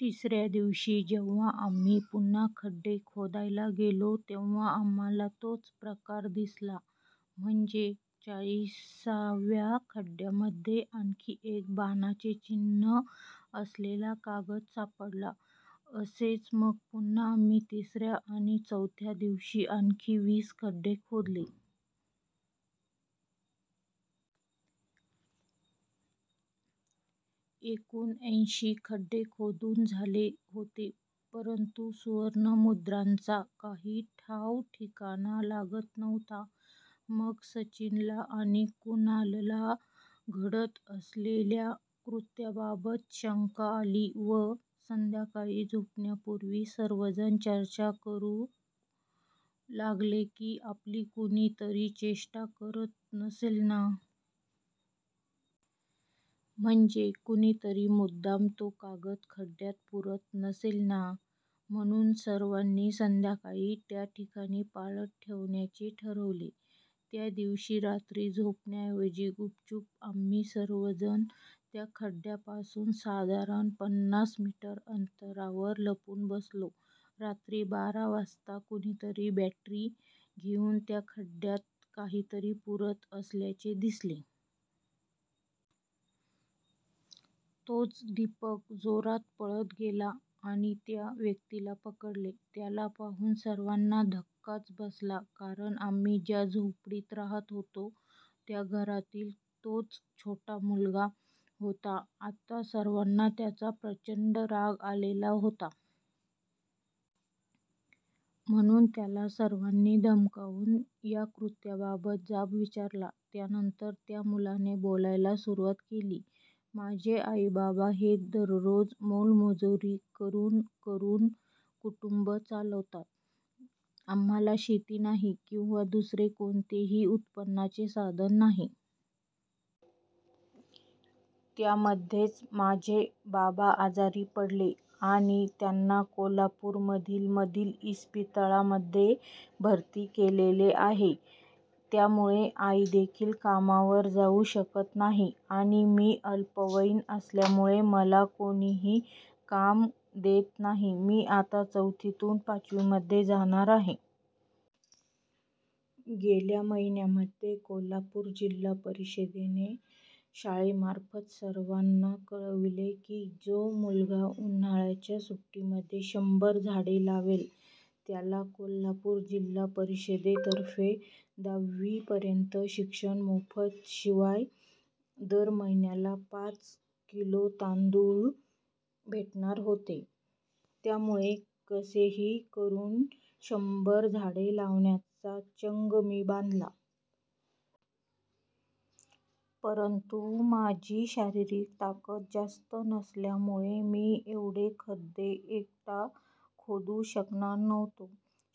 तिसऱ्या दिवशी जेव्हा आम्ही पुन्हा खड्डे खोदायला गेलो, तेव्हा आम्हाला तोच प्रकार दिसला. म्हणजे चाळीसाव्या खड्ड्यामध्ये आणखी एक बाणाचे चिन्ह असलेला कागद सापडला. असेच मग पुन्हा आम्ही तिसऱ्या आणि चौथ्या दिवशी आणखी वीस खड्डे खोदले. एकूण ऐंशी खड्डे खोदून झाले होते. परंतु सुवर्णमुद्रांचा काही ठावठिकाणा लागत नव्हता. मग सचिनला आणि कुणालला घडत असलेल्या कृत्याबाबत शंका आली व संध्याकाळी झोपण्यापूर्वी सर्वजण चर्चा करू लागले की आपली कुणीतरी चेष्टा करत नसेल ना? म्हणजे कोणीतरी मुद्दाम तो कागद खड्ड्यात पुरत नसेल ना? म्हणून सर्वांनी संध्याकाळी त्याठिकाणी पाळत ठेवण्याचे ठरवले. त्यादिवशी रात्री झोपण्याऐवजी गुपचूप आम्ही सर्वजण त्या खड्ड्यापासून साधारण पन्नास मीटर अंतरावर लपून बसलो. रात्री बारा वाजता कुणीतरी बॅटरी घेऊन त्या खड्ड्यात काहीतरी पुरत असल्याचे दिसले. तोच दीपक जोरात पळत गेला आणि त्या व्यक्तीला पकडले. त्याला पाहून सर्वांना धक्काच बसला, कारण आम्ही ज्या झोपडीत राहत होतो, त्या घरातील तोच छोटा मुलगा होता. आता सर्वांना त्याचा प्रचंड राग आलेला होता. म्हणून त्याला सर्वांनी धमकावून या कृत्याबाबत जाब विचारला. त्यानंतर त्या मुलाने बोलायला सुरुवात केली. माझे आई बाबा हे दररोज मोलमजुरी करून करून कुटुंब चालवता. आम्हाला शेती नाही किंवा दुसरे कोणतेही उत्पन्नाचे साधन नाही. त्यामध्येच माझे बाबा आजारी पडले आणि त्यांना कोल्हापूरमधील मधील इस्पितळांमध्ये भरती केलेले आहे. त्यामुळे आईदेखील कामावर जाऊ शकत नाही आणि मी अल्पवयीन असल्यामुळे मला कोणीही काम देत नाही. मी आता चौथीमधून पाचवीमध्ये जाणार आहे. गेल्या महिन्यामध्ये कोल्हापूर जिल्हा परिषदेने शाळेमार्फत सर्वांना कळविले की, जो मुलगा उन्हाळ्याच्या सुट्टीमध्ये शंभर झाडे लावेल, त्याला कोल्हापूर जिल्हा परिषदेतर्फे दहावीपर्यंत शिक्षण मोफत, शिवाय दर महिन्याला पाच किलो तांदूळ भेटणार होते. त्यामुळे कसेही करून शंभर झाडे लावण्याचा चंग मी बांधला. परंतु माझी शारीरिक ताकत जास्त नसल्यामुळे मी एवढे खड्डे एकटा खोदू शकणार नव्हतो.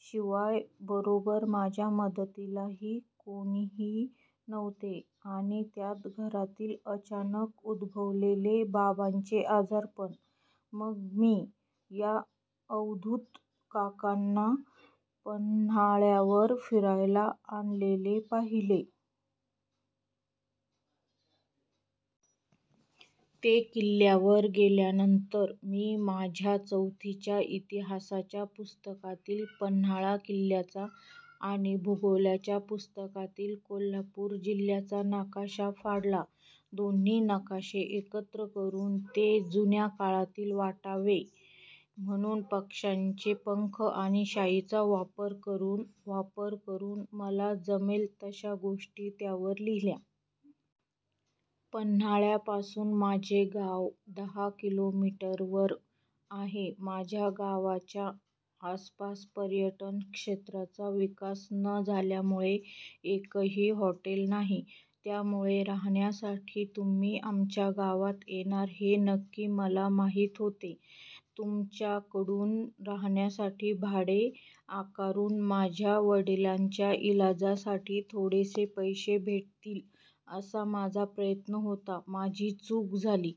शिवाय बरोबर माझ्या मदतीला ही कोणीही नव्हते आणि त्यात घरातील अचानक उद्भवलेले बाबांचे आजारपण. मग मी, या अवधूत काकांना पन्हाळ्यावर फिरायला आलेले पाहिले. ते किल्ल्यावर गेल्यानंतर, मी माझ्या चौथीच्या इतिहासाच्या पुस्तकातील पन्हाळा किल्ल्याचा आणि भूगोलाच्या पुस्तकातील कोल्हापूर जिल्ह्याचा नकाशा फाडला. दोन्ही नकाशे एकत्र करून, ते जुन्या काळातील वाटावे म्हणून पक्षाचे पंख आणि शाईचा वापर करून वापर करून मला जमेल तशा गोष्टी त्यावर लिहिल्या. पन्हाळ्यापासून माझे गाव दहा किलोमीटरवर आहे. माझ्या गावच्या आसपास पर्यटन क्षेत्राचा विकास न झाल्यामुळे एकही हॉटेल नाही. त्यामुळे राहण्यासाठी तुम्ही आमच्या गावात येणार हे नक्की मला माहीत होते. तुमच्याकडून राहण्यासाठी भाडे आकारून, माझ्या वडिलांच्या इलाजासाठी थोडेसे पैसे भेटतील असा माझा प्रयत्न होता. माझी चूक झाली.